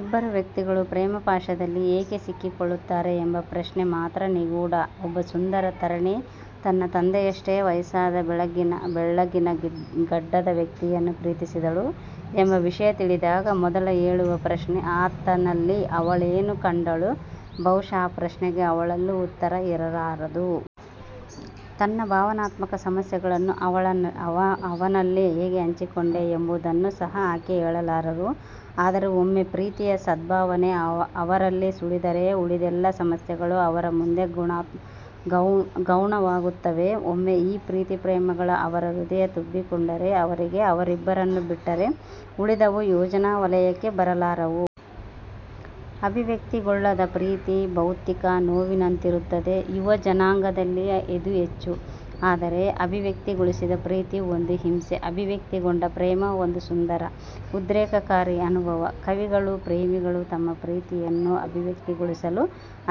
ಇಬ್ಬರು ವ್ಯಕ್ತಿಗಳು ಪ್ರೇಮಪಾಶದಲ್ಲಿ ಏಕೆ ಸಿಕ್ಕಿಕೊಳ್ಳುತ್ತಾರೆಂಬ ಪ್ರಶ್ನೆ ಮಾತ್ರ ನಿಗೂಢ. ಒಬ್ಬ ಸುಂದರ ತರಣಿ ತನ್ನ ತಂದೆಯಷ್ಟೇ ವಯಸ್ಸಾದ ಬೆಳ್ಳಗಿನ ಗಡ್ಡದ ವ್ಯಕ್ತಿಯನ್ನು ಪ್ರೀತಿಸಿದಳು ಎಂಬ ವಿಷಯ ತಿಳಿದಾಗ ಮೊದಲು ಏಳುವ ಪ್ರಶ್ನೆ – ಆತನಲ್ಲಿ ಅವಳೇನು ಕಂಡಳು? ಬಹುಶಃ ಈ ಪ್ರಶ್ನೆಗೆ ಅವಳಲ್ಲೂ ಉತ್ತರ ಇರಲಾರದು. ತನ್ನ ಭಾವನಾತ್ಮಕ ಸಮಸ್ಯೆಗಳನ್ನು ಅವನಲ್ಲಿ ಹೇಗೆ ಹಂಚಿಕೊಂಡೆ ಎಂಬುದನ್ನು ಸಹ ಆಕೆ ಹೇಳಲಾರಳು. ಆದರೆ ಒಮ್ಮೆ ಪ್ರೀತಿಯ ಸದ್ಭಾವನೆ ಅವರಲ್ಲಿ ಸುಳಿದರೆ ಉಳಿದೆಲ್ಲ ಸಮಸ್ಯೆಗಳು ಅವರ ಮುಂದೆ ಗೌಣವಾಗುತ್ತವೆ. ಒಮ್ಮೆ ಈ ಪ್ರೀತಿ ಪ್ರೇಮಗಳು ಅವರ ಹೃದಯ ತುಂಬಿಕೊಂಡರೆ ಅವರಿಗೆ ಅವರಿಬ್ಬರನ್ನು ಬಿಟ್ಟರೆ ಉಳಿದವು ಯೋಚನಾ ವಲಯಕ್ಕೆ ಬರಲಾರವು. ಅಭಿವ್ಯಕ್ತಿಗೊಳ್ಳದ ಪ್ರೀತಿ ಭೌತಿಕ ನೋವಿನಂತಿರುತ್ತದೆ. ಯುವ ಜನಾಂಗದಲ್ಲೇ ಇದು ಹೆಚ್ಚು. ಆದರೆ ಅಭಿವ್ಯಕ್ತಿಗೊಳಿಸದ ಪ್ರೀತಿ ಒಂದು ಹಿಂಸೆ. ಅಭಿವ್ಯಕ್ತಿಗೊಂಡ ಪ್ರೇಮ ಒಂದು ಸುಂದರ ಉದ್ರೇಕಕಾರಿ ಅನುಭವ. ಕವಿಗಳು ಪ್ರೇಮಿಗಳು ತಮ್ಮ ಪ್ರೀತಿಯನ್ನು ಅಭಿವ್ಯಕ್ತಿಗೊಳಿಸಲು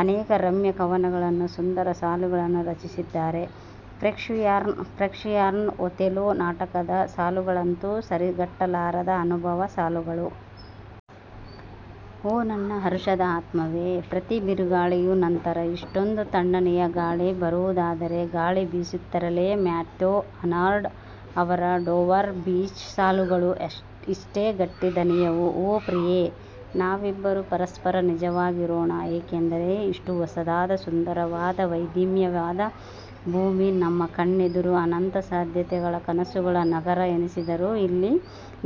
ಅನೇಕ ರಮ್ಯ ಕವನಗಳನ್ನು, ಸುಂದರ ಸಾಲುಗಳನ್ನು ರಚಿಸಿದ್ದಾರೆ. ಷೇಕ್ಸ್ಪಿಯರ್ನ ಒಥೆಲೋ ನಾಟಕದ ಸಾಲುಗಳಂತೂ ಸರಿಗಟ್ಟಲಾರದ ಅನುಭಾವ ಸಾಲುಗಳು. ಓ ನನ್ನ ಹರುಷದ ಆತ್ಮವೇ! ಪ್ರತಿ ಬಿರುಗಾಳಿಯ ನಂತರ ಇಷ್ಟೊಂದು ತಣ್ಣನೆಯ ಗಾಳಿ ಬರುವುದಾದರೆ, ಗಾಳಿ ಬೀಸುತ್ತಿರಲಿ. ಮ್ಯಾಥ್ಯೂ ಆರ್ನಾಲ್ಡ್ ಅವರ ಡೋವರ್ ಬೀಚ್ ಸಾಲುಗಳೂ ಇಷ್ಟೇ ಗಟ್ಟಿ ದನಿಯವು. ಓ, ಪ್ರಿಯೆ. ನಾವಿಬ್ಬರೂ ಪರಸ್ಪರ ನಿಜವಾಗಿರೋಣ. ಏಕೆಂದರೆ ಇಷ್ಟು ಹೊಸದಾದ, ಸುಂದರವಾದ ವೈವಿಧ್ಯಮಯವಾದ ಭೂಮಿ ನಮ್ಮ ಕಣ್ಣೆದುರು ಅನಂತ ಸಾಧ್ಯತೆಗಳ ಕನಸುಗಳ ನಗರ ಎನಿಸಿದರೂ ಇಲ್ಲಿ,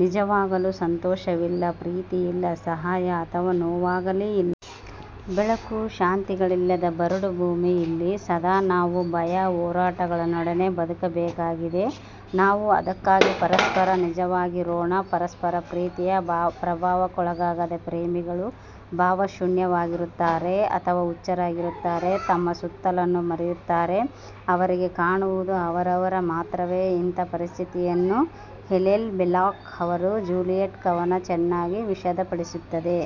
ನಿಜವಾಗಲೂ ಸಂತೋಷವಿಲ್ಲ, ಪ್ರೀತಿಯಿಲ್ಲ ಸಹಾಯ ಅಥವಾ ನೋವಾಗಲೀ ಇಲ್ಲ. ಬೆಳಕು ಶಾಂತಿಗಳಿಲ್ಲದ ಬರಡು ಭೂಮಿ ಇಲ್ಲಿ ಸದಾ ನಾವು ಭಯ, ಹೋರಾಟಗಳೊಡನೆ ಬದುಕಬೇಕಾಗಿದೆ ನಾವು ಅದಕ್ಕಾಗಿ ಪರಸ್ಪರ ನಿಜವಾಗಿರೋಣ. ಪರಸ್ಪರ ಪ್ರೀತಿಯ ಪ್ರಭಾವಕ್ಕೊಳಗಾದ ಪ್ರೇಮಿಗಳು ಭಾವಶೂನ್ಯವಾಗಿರುತ್ತಾರೆ. ಅಥವಾ ಹುಚ್ಚರಾಗಿರುತ್ತಾರೆ. ತಮ್ಮ ಸುತ್ತಲನ್ನು ಮರೆಯುತ್ತಾರೆ. ಅವರಿಗೆ ಕಾಣುವುದು ಅವರವರು ಮಾತ್ರವೇ. ಇಂಥ ಪರಿಸ್ಥಿತಿಯನ್ನು ಹಿಲೇಲ್ ಬೆಲ್ಲಾಕ್ ಅವರ 'ಜೂಲಿಯಟ್' ಕವನ ಚೆನ್ನಾಗಿ ವಿಷದಪಡಿಸುತ್ತದೆ.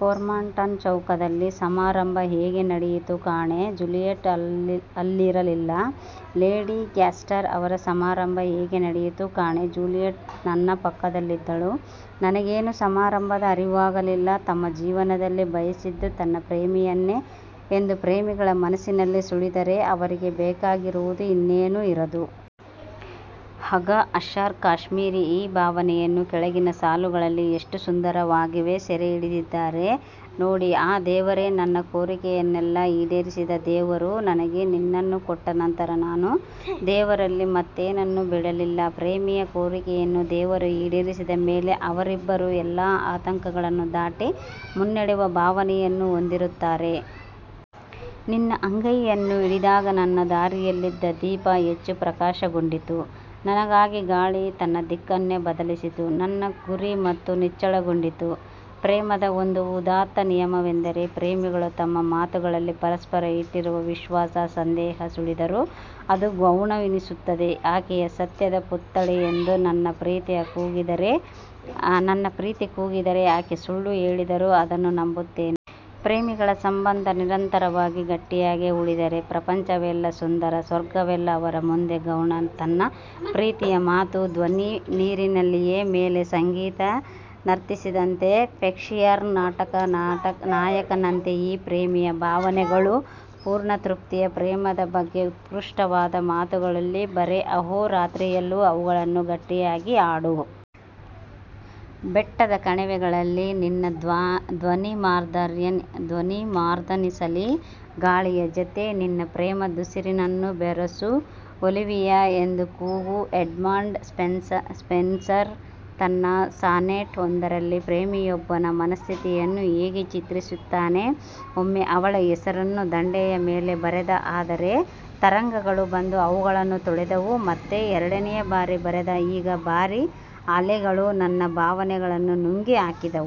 ಪೊರ್ಟ್ಮನ್ ಚೌಕದಲ್ಲಿ ಸಮಾರಂಭ ಹೇಗೆ ನಡೆಯಿತೋ ಕಾಣೆ? ಜೂಲಿಯೆಟ್ ಅಲ್ಲಿರಲಿಲ್ಲ ಲೇಡಿ ಗ್ಯಾಸ್ಟರ್ ಅವರ ಸಮಾರಂಭ ಹೇಗೆ ನಡೆಯಿತೋ ಕಾಣೆ. ಜೂಲಿಯೆಟ್ ನನ್ನ ಪಕ್ಕದಲ್ಲಿದ್ದಳು ನನಗೇನು ಸಮಾರಂಭದ ಅರಿವಾಗಲಿಲ್ಲ. ತಮ್ಮ ಜೀವನದಲ್ಲಿ ಬಯಸಿದ್ದು ತನ್ನ ಪ್ರೇಮಿಯನ್ನೇ ಎಂದು ಪ್ರೇಮಿಗಳ ಮನಸ್ಸಿನಲ್ಲಿ ಸುಳಿದರೆ ಅವರಿಗೆ ಬೇಕಾಗಿರುವುದು ಇನ್ನೇನೂ ಇರದು. ಆಘಾ ಹಷರ್ ಕಾಶ್ಮೀರಿ ಈ ಭಾವನೆಯನ್ನು ಕೆಳಗಿನ ಸಾಲುಗಳಲ್ಲಿ ಎಷ್ಟು ಸುಂದರವಾಗಿ ಸೆರೆಹಿಡಿದಿದ್ದಾರೆ ನೋಡಿ. ಆ ದೇವರೇ ನನ್ನ ಕೋರಿಕೆಯನ್ನೆಲ್ಲಾ ಈಡೇರಿಸಿದ. ದೇವರು ನನಗೆ ನಿನ್ನನ್ನು ಕೊಟ್ಟ ನಂತರ ನಾನು ದೇವರಲ್ಲಿ ಮತ್ತೇನನ್ನೂ ಬೇಡಲಿಲ್ಲ. ಪ್ರೇಮಿಯ ಕೋರಿಕೆಯನ್ನು ದೇವರು ಈಡೇರಿಸಿದ ಮೇಲೆ ಅವರಿಬ್ಬರೂ ಎಲ್ಲಾ ಆತಂಕಗಳನ್ನು ದಾಟಿ ಮುನ್ನಡೆವ ಭಾವನೆಯನ್ನು ಹೊಂದಿರುತ್ತಾರೆ. ನಿನ್ನ ಅಂಗೈಯನ್ನು ಹಿಡಿದಾಗನನ್ನ ದಾರಿಯಲ್ಲಿದ್ದ ದೀಪ ಹೆಚ್ಚು ಪ್ರಕಾಶಗೊಂಡಿತು. ನನಗಾಗಿ ಗಾಳಿ ತನ್ನ ದಿಕ್ಕನ್ನೇ ಬದಲಿಸಿತು. ನನ್ನ ಗುರಿ ಮತ್ತೂ ನಿಚ್ಚಳಗೊಂಡಿತು. ಪ್ರೇಮದ ಒಂದು ಉದಾತ್ತ ನಿಯಮವೆಂದರೆ ಪ್ರೇಮಿಗಳು ತಮ್ಮ ಮಾತುಗಳಲ್ಲಿ ಪರಸ್ಪರ ಇಟ್ಟಿರುವ ವಿಶ್ವಾಸ. ಸಂದೇಹ ಸುಳಿದರೂ ಅದು ಗೌಣವೆನಿಸುತ್ತದೆ. ಆಕೆ ಸತ್ಯದ ಪುತ್ಥಳಿ ಎಂದು ನನ್ನ ಪ್ರೀತಿ ಕೂಗಿದರೆ ಆಕೆ ಸುಳ್ಳು ಹೇಳಿದರೂ ಅದನ್ನು ನಂಬುತ್ತೇನೆ. ಪ್ರೇಮಿಗಳ ಸಂಬಂಧ ನಿರಂತರವಾಗಿ ಗಟ್ಟಿಯಾಗೇ ಉಳಿದರೆ ಪ್ರಪಂಚವೆಲ್ಲಾ ಸುಂದರ. ಸ್ವರ್ಗವೆಲ್ಲ ಅವರ ಮುಂದೆ ಗೌಣ. ತನ್ನ ಪ್ರಿಯೆಯ ಮಾತು, ಧ್ವನಿ ನೀರಿನಲೆಯ ಮೇಲೆ ಸಂಗೀತ ನರ್ತಿಸಿದಂತೆ ಷೇಕ್ಸ್ಪಿಯರ್ನ ನಾಟಕದ ನಾಯಕನಂತೆ ಈ ಪ್ರೇಮಿಯ ಭಾವನೆಗಳು. ಪೂರ್ಣ ತೃಪ್ತಿಯ ಪ್ರೇಮದ ಬಗ್ಗೆಉತ್ಕೃಷ್ಟವಾದ ಮಾತುಗಳಲ್ಲಿ ಬರೆ. ಆಹೋ ರಾತ್ರಿಯಲ್ಲೂ ಅವುಗಳನ್ನು ಗಟ್ಟಿಯಾಗಿ ಹಾಡು. ಬೆಟ್ಟದ ಕಣಿವೆಗಳಲ್ಲಿ ನಿನ್ನ ಧ್ವನಿಮಾರ್ದನಿಸಲಿ ಗಾಳಿಯ ಜತೆ ನಿನ್ನ ಪ್ರೇಮಿದುಸಿರನ್ನು ಬೆರಸು 'ಒಲಿವಿಯಾ' ಎಂದು ಕೂಗು ಎಡ್ಮಂಡ್ ಸ್ಪೆನ್ಸರ್ ತನ್ನ ಸಾನೆಟ್ ಒಂದರಲ್ಲಿ ಪ್ರೇಮಿಯೊಬ್ಬನ ಮನಸ್ಥಿತಿಯನ್ನು ಹೀಗೆ ಚಿತ್ರಿಸುತ್ತಾನೆ. ಒಮ್ಮೆಅವಳ ಹೆಸರನ್ನು ದಂಡೆಯ ಮೇಲೆ ಬರೆದೆ. ಆದರೆ ತರಂಗಗಳು ಬಂದು ಅವುಗಳನ್ನು ತೊಳೆದವು. ಮತ್ತೆ ಎರಡನೆಯ ಬಾರಿ ಬರೆದೆ. ಈಗ ಭಾರಿ ಅಲೆಗಳು ನನ್ನ ಭಾವನೆಗಳನ್ನು ನುಂಗಿ ಹಾಕಿದವು.